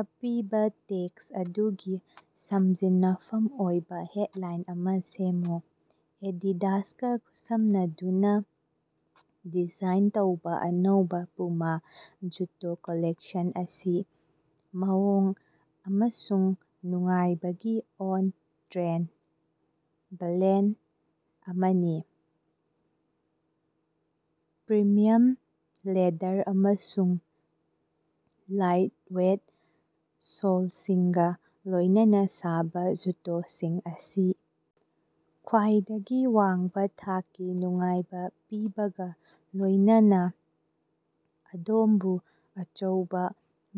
ꯑꯄꯤꯕ ꯇꯦꯛꯁ ꯑꯗꯨꯒꯤ ꯁꯝꯖꯤꯟꯅꯐꯝ ꯑꯣꯏꯕ ꯍꯦꯠꯂꯥꯏꯟ ꯑꯃ ꯁꯦꯝꯃꯨ꯫ ꯑꯦꯗꯤꯗꯥꯁꯀ ꯈꯨꯠꯁꯝꯅꯗꯨꯅ ꯗꯤꯖꯥꯏꯟ ꯇꯧꯕ ꯑꯅꯧ ꯄꯨꯃ ꯖꯨꯇꯣ ꯀꯂꯦꯛꯁꯟ ꯑꯁꯤ ꯃꯑꯣꯡ ꯑꯃꯁꯨꯡ ꯅꯨꯡꯉꯥꯏꯕꯒꯤ ꯑꯣꯟ ꯇꯔꯦꯟ ꯕꯂꯦꯟ ꯑꯃꯅꯤ꯫ ꯄꯔꯤꯃꯤꯌꯥꯝ ꯂꯦꯗꯔ ꯑꯃꯁꯨꯡ ꯂꯥꯏꯠꯋꯦꯠ ꯁꯣꯜꯁꯤꯡꯒ ꯂꯣꯏꯅꯅ ꯁꯥꯕ ꯖꯨꯇꯣꯁꯤꯡ ꯑꯁꯤ ꯈ꯭ꯋꯥꯏꯗꯒꯤ ꯋꯥꯡꯕ ꯊꯥꯛꯀꯤ ꯅꯨꯡꯉꯥꯏꯕ ꯄꯤꯕꯒ ꯂꯣꯏꯅꯅ ꯑꯗꯣꯝꯕꯨ ꯑꯆꯧꯕ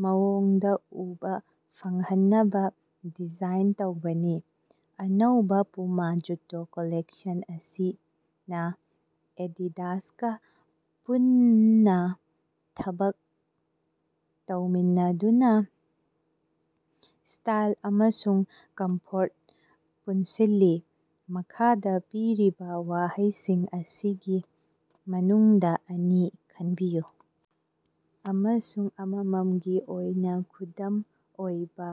ꯃꯑꯣꯡꯗ ꯎꯕ ꯐꯪꯍꯟꯅꯕ ꯗꯤꯖꯥꯏꯟ ꯇꯧꯕꯅꯤ꯫ ꯑꯅꯧꯕ ꯄꯨꯃ ꯖꯨꯇꯣ ꯀꯂꯦꯛꯁꯟ ꯑꯁꯤꯅ ꯑꯦꯗꯤꯗꯥꯁꯀ ꯄꯨꯟꯅ ꯊꯕꯛ ꯇꯧꯃꯤꯟꯅꯗꯨꯅ ꯁ꯭ꯇꯥꯏꯜ ꯑꯃꯁꯨꯡ ꯀꯝꯐꯣꯔꯠ ꯄꯨꯟꯁꯤꯜꯂꯤ꯫ ꯃꯈꯥꯗ ꯄꯤꯔꯤꯕ ꯋꯥꯍꯩꯁꯤꯡ ꯑꯁꯤꯒꯤ ꯃꯅꯨꯡꯗ ꯑꯅꯤ ꯈꯟꯕꯤꯌꯨ ꯑꯃꯁꯨꯡ ꯑꯃꯝꯃꯝꯒꯤ ꯑꯣꯏꯅ ꯈꯨꯗꯝ ꯑꯣꯏꯕ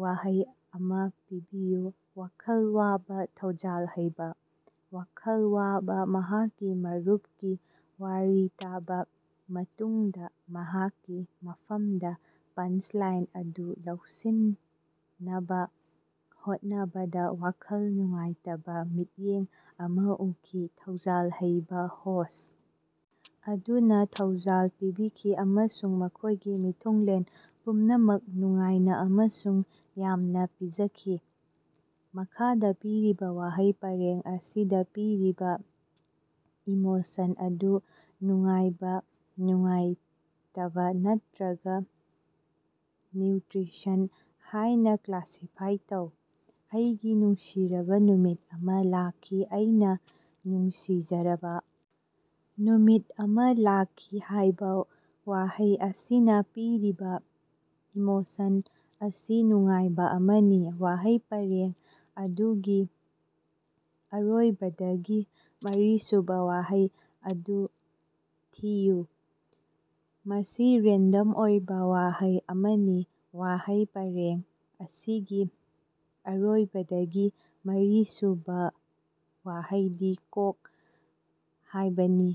ꯋꯥꯍꯩ ꯑꯃ ꯄꯤꯕꯤꯌꯨ꯫ ꯋꯥꯈꯜ ꯋꯥꯕ ꯊꯧꯖꯥꯜ ꯍꯩꯕ꯫ ꯋꯥꯈꯜ ꯋꯥꯕ ꯃꯍꯥꯛꯀꯤ ꯃꯔꯨꯄꯀꯤ ꯋꯥꯔꯤ ꯇꯥꯕ ꯃꯇꯨꯡꯗ ꯃꯍꯥꯛꯀꯤ ꯃꯐꯃꯗ ꯄꯟꯁꯂꯥꯏꯟ ꯑꯗꯨ ꯂꯧꯁꯤꯟꯅꯕ ꯍꯣꯠꯅꯕꯗ ꯋꯥꯈꯜ ꯅꯨꯡꯉꯥꯏꯇꯕ ꯃꯤꯠꯌꯦꯡ ꯑꯃ ꯎꯈꯤ꯫ ꯊꯧꯖꯥꯜ ꯍꯩꯕ ꯍꯣꯁ ꯑꯗꯨꯅ ꯊꯧꯖꯥꯜ ꯄꯤꯕꯤꯈꯤ ꯑꯃꯁꯨꯡ ꯃꯈꯣꯏꯒꯤ ꯃꯤꯊꯨꯡꯂꯦꯟ ꯄꯨꯝꯅꯃꯛ ꯅꯨꯡꯉꯥꯏꯅ ꯑꯃꯁꯨꯡ ꯌꯥꯝꯅ ꯄꯤꯖꯈꯤ꯫ ꯃꯈꯥꯗ ꯄꯤꯔꯤꯕ ꯋꯥꯍꯩ ꯄꯔꯦꯡ ꯑꯁꯤꯗ ꯄꯤꯔꯤꯕ ꯏꯃꯣꯁꯟ ꯑꯗꯨ ꯅꯨꯡꯉꯥꯏꯕ ꯅꯨꯡꯉꯥꯏꯇꯕ ꯅꯠꯇ꯭ꯔꯒꯥ ꯅꯤꯌꯨꯇꯔꯤꯁꯟ ꯍꯥꯏꯅ ꯀꯂꯥꯁꯤꯐꯥꯏ ꯇꯧ꯫ ꯑꯩꯒꯤ ꯅꯨꯡꯁꯤꯔꯕ ꯅꯨꯃꯤꯠ ꯑꯃ ꯂꯥꯛꯈꯤ꯫ ꯑꯩꯅ ꯅꯨꯡꯁꯤꯖꯔꯕ ꯅꯨꯃꯤꯠ ꯑꯃ ꯂꯥꯛꯈꯤ ꯍꯥꯏꯕ ꯋꯥꯍꯩ ꯑꯁꯤꯅ ꯄꯤꯔꯤꯕ ꯏꯃꯣꯁꯟ ꯑꯁꯤ ꯅꯨꯡꯉꯥꯏꯕ ꯑꯃꯅꯤ꯫ ꯋꯥꯍꯩ ꯄꯔꯦꯡ ꯑꯗꯨꯒꯤ ꯑꯔꯣꯏꯕꯗꯒꯤ ꯃꯔꯤꯁꯨꯕ ꯋꯥꯍꯩ ꯑꯗꯨ ꯊꯤꯌꯨ꯫ ꯃꯁꯤ ꯔꯦꯟꯗꯝ ꯑꯣꯏꯕ ꯋꯥꯍꯩ ꯑꯃꯅꯤ꯫ ꯋꯥꯍꯩ ꯄꯔꯦꯡ ꯑꯁꯤꯒꯤ ꯑꯔꯣꯏꯕꯗꯒꯤ ꯃꯔꯤꯁꯨꯕꯥ ꯋꯥꯍꯩꯗꯤ ꯀꯣꯛ"ꯍꯥꯏꯕꯅꯤ꯫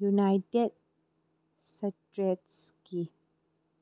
ꯌꯨꯅꯥꯏꯇꯦꯠ ꯁ꯭ꯇꯦꯠꯁꯀꯤ